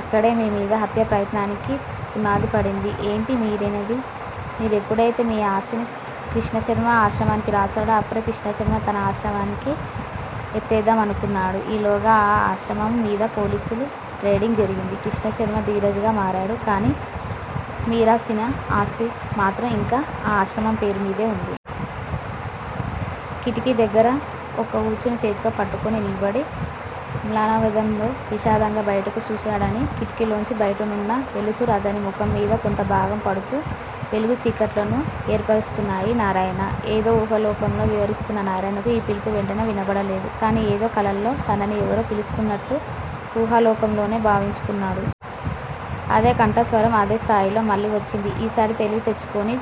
అక్కడే మీ మీద హత్యా ప్రయత్నానికి పునాది పడింది. ఏంటి మీరనేది? మీరెప్పుడైతే మీ ఆస్తిని కృష్ణశర్మ ఆశ్రమానికి రాసారో అప్పడే కృష్ణశర్మ తన ఆశ్రమాన్ని ఎత్తేద్దామనుకున్నాడు. ఈలోగా ఆ ఆశ్రమం మీద పోలీసులు రెయిడింగ్ జరిగింది. కృష్ణశర్మ ధీరజ్ గా మారాడు. కానీ మీర్రాసిన ఆస్తి మాత్రం ఇంకా ఆ ఆశ్రమం పేరు మీదే వుంది. కిటికీ దగ్గర ఒక వూచను చేత్తో పట్టుకు నిలబడి మ్లానవదనంతో విషాదంగా, బయటకు చూడసాగాడు, కిటికీలోంచి బయటనున్న వెలుతురు అతని ముఖంమీద కొంతభాగంలో పడుతూ వెలుగు చీకట్లను ఏర్పరుస్తున్నాయి. నారాయణా! ఏదో ఊహాలోకంలో విహరిస్తున్న నారాయణకు ఈ పిలుపు వెంటనే వినబడలేదు. కాని ఏదో కలలో తనని ఎవరో పిలుస్తున్నట్లు ఊహాలోకంలోనే భావించుకున్నాడు. అదే కంఠస్వరం అదేస్థాయిలో మళ్ళీ వచ్చింది. ఈసారి తెలివి తెచ్చుకుని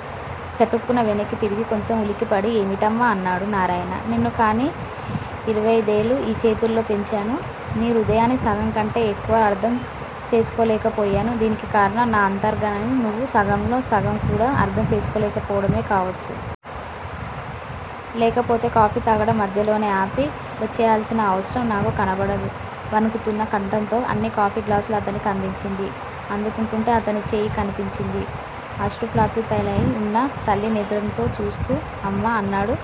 చటుక్కున వెనక్కి తిరిగి కొంచెం ఉలిక్కిపడి ఏమిటమ్మా? అన్నాడు. నారాయణా! నిన్ను కాని యిరవైయైదేళ్ళు ఈ చేతుల్తో పెంచినా నీ హృదయాన్ని సగంకంటే యెక్కువ అర్థం చేసుకోలేకపోయాను. దీనికి కారణం నా అంతరంగాన్ని నువ్వు సగంలో సగంకూడా అర్థం చేసుకోలేకపోవడమే కావచ్చు. లేకపోతే కాఫీ త్రాగటం మధ్యలోనే ఆపి వచ్చేయల్సిన అవసరం నాకు కనబడదు వణుకుతున్న కంఠంతో అని కాఫీ గ్లాసు అతనికి అందించింది. అందుకుంటూంటే అతని చేయి కంపించింది. అశ్రుప్లావితాలై వున్న తల్లి నేత్రద్వయంలోకి చూస్తూ అమ్మా! అన్నాడు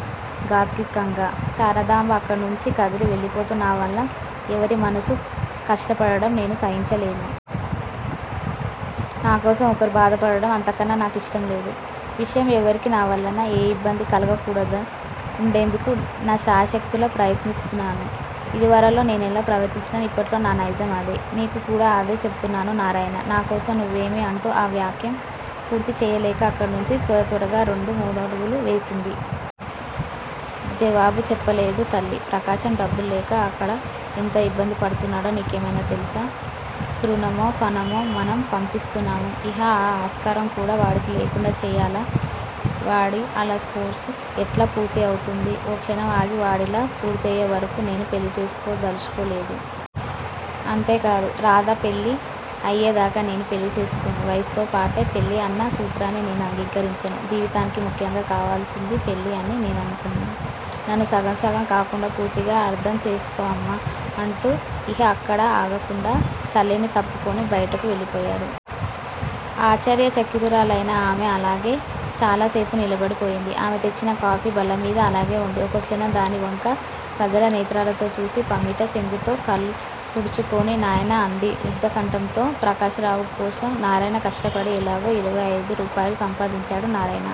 గాద్గదికంగా. శారదాంబ అక్కడినుంచి కదిలి వెళ్ళిపోతూ నావల్ల యెవరి మనస్సూ కష్టపడటం నేను సహించలేను. నా కోసం ఒకరు బాధపడటం అంతకన్నా నాకు ఇష్టంలేని విషయం ఎవరికీ నావల్ల ఏ యిబ్బందీ కలగకుండా వుండేందుకు నా శాయశక్తులా ప్రయత్నిస్తుంటాను. ఇదివరలో నేనెలా ప్రవర్తించినా ఇప్పట్లో నా నైజం అదే. నీకు కూడా అదే చెబుతున్నాను నారాయణా! నా కోసం నువ్వేమీ అంటూ ఆ వాక్యం పూర్తి చేయలేక అక్కడ్నుంచి త్వరత్వరగా రెండు మూడడుగులు వేసింది. జవాబు చెప్పలేదు తల్లి. ప్రకాశం డబ్బులేక అక్కడ ఎంత ఇబ్బంది పడుతుంటాడో నీకేమైనా తెలుసా? తృణమో, ఫణమో మనం పంపిస్తున్నాం. ఇహ- ఆ ఆస్కారం కూడా వాడికి లేకుండా చేయలా? వాడి లా కోర్సు యెట్లా పూర్తి అవుతుంది? ఓ క్షణం ఆగి వాడి లా పూర్తయేవరకూ నేను పెళ్ళిచేసుకోదలచుకోలేదు. అంతేకాదు; రాధ పెళ్ళి అయేదాకా నేను పెళ్ళి చేసుకోను. వయస్సుతోపాటే పెళ్ళి అన్న సూత్రాన్ని నేను అంగీకరించను. జీవితానికి ముఖ్యంగా కావలసింది పెళ్ళి అని నేననుకోను, నన్ను సగం సగం కాకుండా పూర్తిగా అర్థం చేసుకో అమ్మా! అంటూ ఇహ అక్కడ ఆగకుండా తల్లిని తప్పుకుని బయటకు వెళ్ళిపోయాడు. ఆశ్చర్య చకితురాలయిన ఆమె అలాగే చాలా సేపు నిలబడిపోయింది. ఆమె తెచ్చిన కాఫీ బల్లమీద అలాగే వుంది. ఒక్కక్షణం దాని వంక సజల నేత్రాలతో చూసి, పమిట చెంగుతో కళ్ళు తుడుచుకొని నాయనా అంది రుద్దకంఠంతో. ప్రకాశరావు కోసం నారాయణ కష్టపడి ఎలాగో ఇరవై అయిదు రూపాయలు సంపాదించాడు. నారాయణ